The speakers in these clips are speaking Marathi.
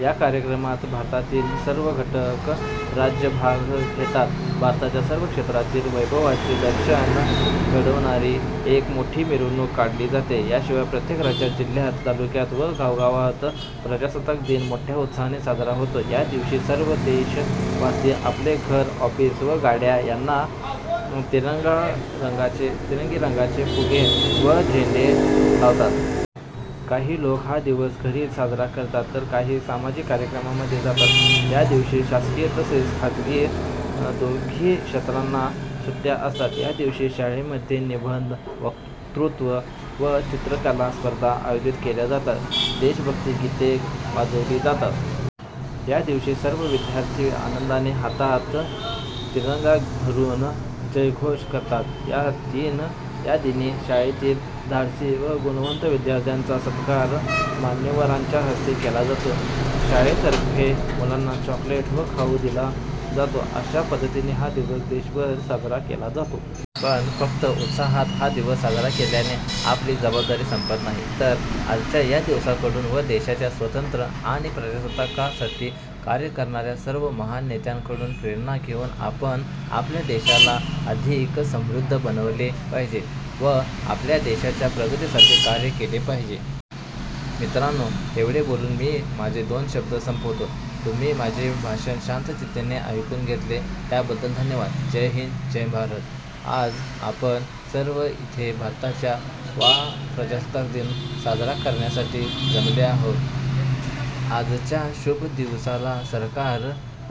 या कार्यक्रमात भारतातील सर्व घटक राज्य भाग घेतात. भारताच्या सर्व क्षेत्रातील वैभवाचे दर्शन घडवणारी एक मोठी मिरवणूक काढली जाते. याशिवाय प्रत्येक राज्यात, जिल्ह्यात, तालुक्यात व गावागावात प्रजासत्ताक दिन मोठ्या उत्साहाने साजरा होतो. या दिवशी सर्व देश वासी आपले घर, ऑफिस व गाड्या यांना तिरंगी रंगाचे फुगे व झेंडे लावतात. काही लोक हा दिवस घरीच साजरा करतात तर काही सामाजिक कार्यक्रमामध्ये जातात. या दिवशी शासकीय तसेच खासगी दोघी क्षेत्रांना सुट्या असतात. या दिवशी शाळेमध्ये निबंध, वक्तृत्व व चित्रकला स्पर्धा आयोजित केल्या जातात. देशभक्ती गीते वाजवली जातात. या दिवशी सर्व विद्यार्थी आनंदाने हातात तिरंगा धरून जयघोष करतात. या दिनी शाळेतील धाडसी व गुणवंत विद्यार्थ्यांचा सत्कार मान्यवरांच्या हस्ते केला जातो. शाळेतर्फे मुलांना चॉकलेट व खाऊ दिला जातो. अशा पद्धतीने हा दिवस देशभर साजरा केला जातो. पण फक्त उत्साहात हा दिवस साजरा केल्याने आपली जबाबदारी संपत नाही. तर आजच्या या दिवसाकडून व देशाच्या स्वतंत्र आणि प्रजासत्ताकासाठी कार्य करणाऱ्या सर्व महान नेत्यांकडून प्रेरणा घेऊन आपण आपल्या देशाला अधिक समृध्द बनवले पाहिजे व आपल्या देशाच्या प्रगतीसाठी कार्य केले पाहिजे. मित्रानो एवढे बोलून मी माझे दोन शब्द संपवतो. तुम्ही माझे भाषण शांतचित्ताने ऐकून घेतले त्याबद्दल धन्यवाद. जय हिंद जय भारत.. आज आपण सर्व येथे भारताच्या वा प्रजासत्ताक दिन साजरा करण्यासाठी जमले आहेत. आजच्या शुभ दिवसाला सरकार,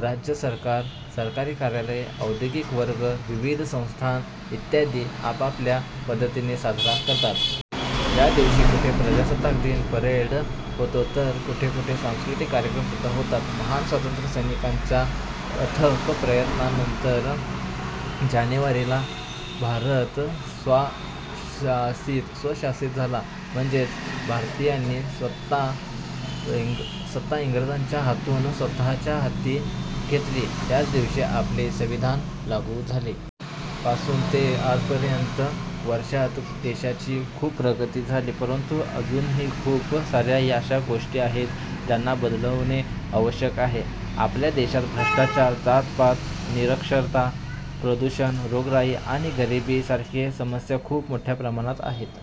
राज्य सरकार, सरकारी कार्यालय, औद्योगिक वर्ग, विविध संस्थांन इत्यादी आपापल्या पद्धतीने साजरा करतात. या दिवशी कुठे प्रजासत्ताक दिन परेड होते तर कुठ कुठे सांस्कृतिक कार्यक्रम सुद्धा होतात. महान स्वातंत्र्यसैनिकांच्या अथक प्रयत्नानंतर जानेवारी ला भारत स्व शासित झाला. म्हणजेच भारतीयांनी सत्ता इंग्रजांच्या हातून स्वतःच्या हाती घेतली. याच दिवशी आपले संविधान लागू झाले. पासून ते आजपर्यंत वर्षात देशाची खूप प्रगती झाली. परंतु अजूनही खूप साऱ्या अशा गोष्टी आहेत ज्याना बदलवणे आवश्यक आहे. आपल्या देशात भ्रष्टाचार, जात-पात, निरक्षरता, प्रदूषण, रोगराई आणि गरीबी सारखे समस्या खूप मोठ्या प्रमाणात आहेत.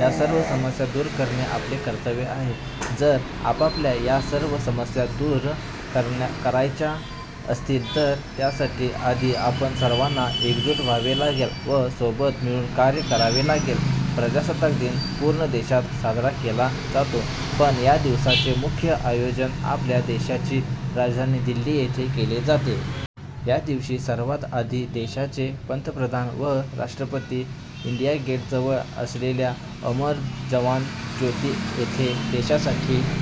या सर्व समस्या दूर करणे आपले कर्तव्य आहे. जर आपल्याला या सर्व समस्या दूर करायच्या असतील तर त्यासाठी आधी आपण सर्वांना एकजूट व्हावे लागेल व सोबत मिळून कार्य करावे लागेल. प्रजासत्ताक दिन पूर्ण देशात साजरा केला जातो पण या दिवसाचे मुख्य आयोजन आपल्या देशाची राजधानी दिल्ली येथे केले जाते. या दिवशी सर्वात आधी देशाचे पंतप्रधान व राष्ट्रपती इंडिया गेट जवळ असलेल्या अमर जवान ज्योती येथे देशासाठी